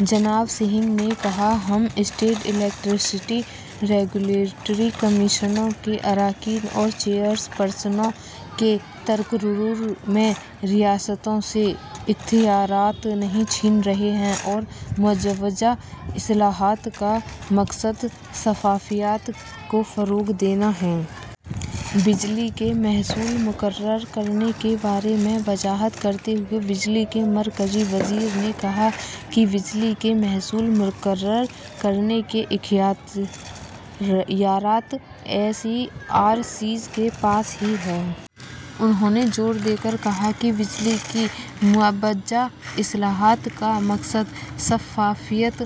جناب سنگھ نے کہا ہم اسٹیٹ الیکٹریسٹی ریگولیٹری کمیشنز کے ممبروں اور چیئرپرسنوں کے تقرر میں ریاستوں سے اختیارات چھین نہیں رہے ہیں اور مجوزہ اصلاحات کا مقصد شفافیت کو فروغ دینا ہے بجلی کے محصول مقرر کرنے کے بارے میں وضاحت کرتے ہوئے بجلی کے مرکزی وزیر نے کہا کہ بجلی کے محصول مقرر کرنے کے اختیارات ایس ای آر سیز کے پاس ہی ہیں انہوں نے زور دے کر کہا کہ بجلی کی مجوزہ اصلاحات کا مقصد شفافیت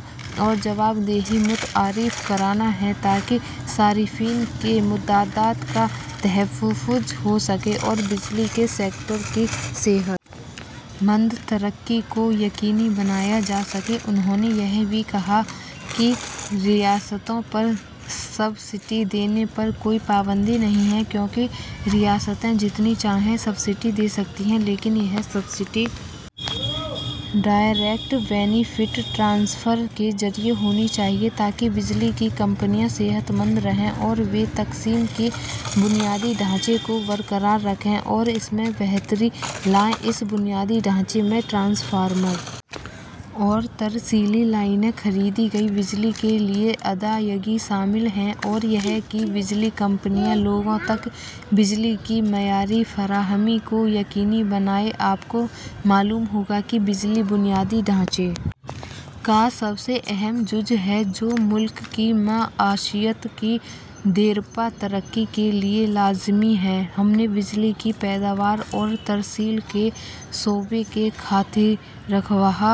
اور جوابدہی متعارف کرانا ہے تاکہ صارفین کے مفادات کا تحفظ ہو سکے اور بجلی کے سیکٹر کی صحت مند ترقی کو یقینی بنایا جا سکے انہوں نے یہ بھی کہا کہ ریاستوں پر سبسڈی دینے پر کوئی پابندی نہیں ہے کیونکہ ریاستیں جتنی چاہیں سبسڈی دے سکتی ہیں لیکن یہ سبسڈی ڈائریکٹ بینیفٹ ٹرانسفر کے ذریعے ہونی چاہیے تاکہ بجلی کی کمپنیاں صحت مند رہیں اور وہ تقسیم کے بنیادی ڈھانچے کو برقرار رکھیں اور اس میں بہتری لائیں اس بنیادی ڈھانچے میں ٹرانسفارمر اور ترسیلی لائنیں خریدی گئی بجلی کے لیے ادائیگی شامل ہے اور یہ کہ بجلی کمپنیاں لوگوں تک بجلی کی معیاری فراہمی کو یقینی بنائیں آپ کو معلوم ہوگا کہ بجلی بنیادی ڈھانچے کا سب سے اہم جزو ہے جو ملک کی معیشت کی دیرپا ترقی کے لیے لازمی ہے ہم نے بجلی کی پیداوار اور ترسیل کے شعبے میں خاطر خواہ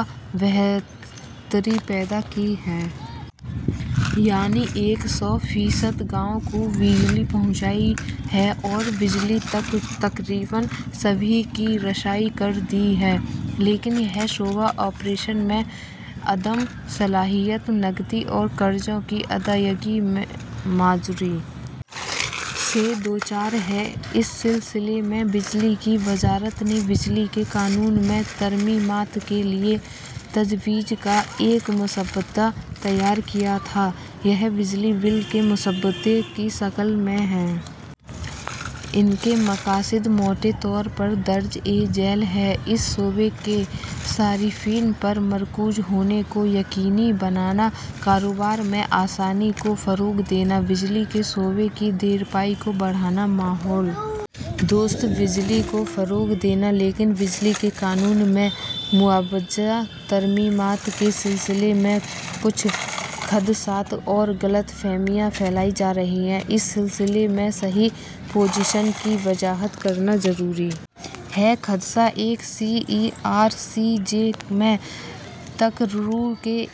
بہتری پیدا کی ہے یعنی ایک سو فیصد گاؤں کو بجلی پہنچائی ہے اور بجلی تک تقریباً سبھی کی رسائی کر دی ہے لیکن یہ شعبہ آپریشن میں عدم صلاحیت نقدی اور قرضوں کی ادائیگی میں معذوری سے دوچار ہے اس سلسلے میں بجلی کی وزارت نے بجلی کے قانون میں ترمیمات کے لیے تجویز کا ایک مسودہ تیار کیا تھا یہ بجلی بل کے مسودے کی شکل میں ہے اس کے مقاصد موٹے طور پر مندرجہ ذیل ہیں اس شعبے کے صارفین پر مرتکز ہونے کو یقینی بنانا کاروبار میں آسانی کو فروغ دینا بجلی کے شعبے کی دیرپائی کو بڑھانا ماحول دوست بجلی کو فروغ دینا لیکن بجلی کے قانون میں مجوزہ ترمیمات کے سلسلے میں کچھ خدشات اور غلط فہمیاں پھیلائی جا رہی ہیں اس سلسلے میں صحیح پوزیشن کی وضاحت کرنا ضروری ہے خدشہ ایک سی ای آر سیز میں تقرر کے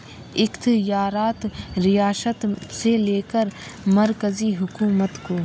اختیارات ریاست سے لے کر مرکزی حکومت کو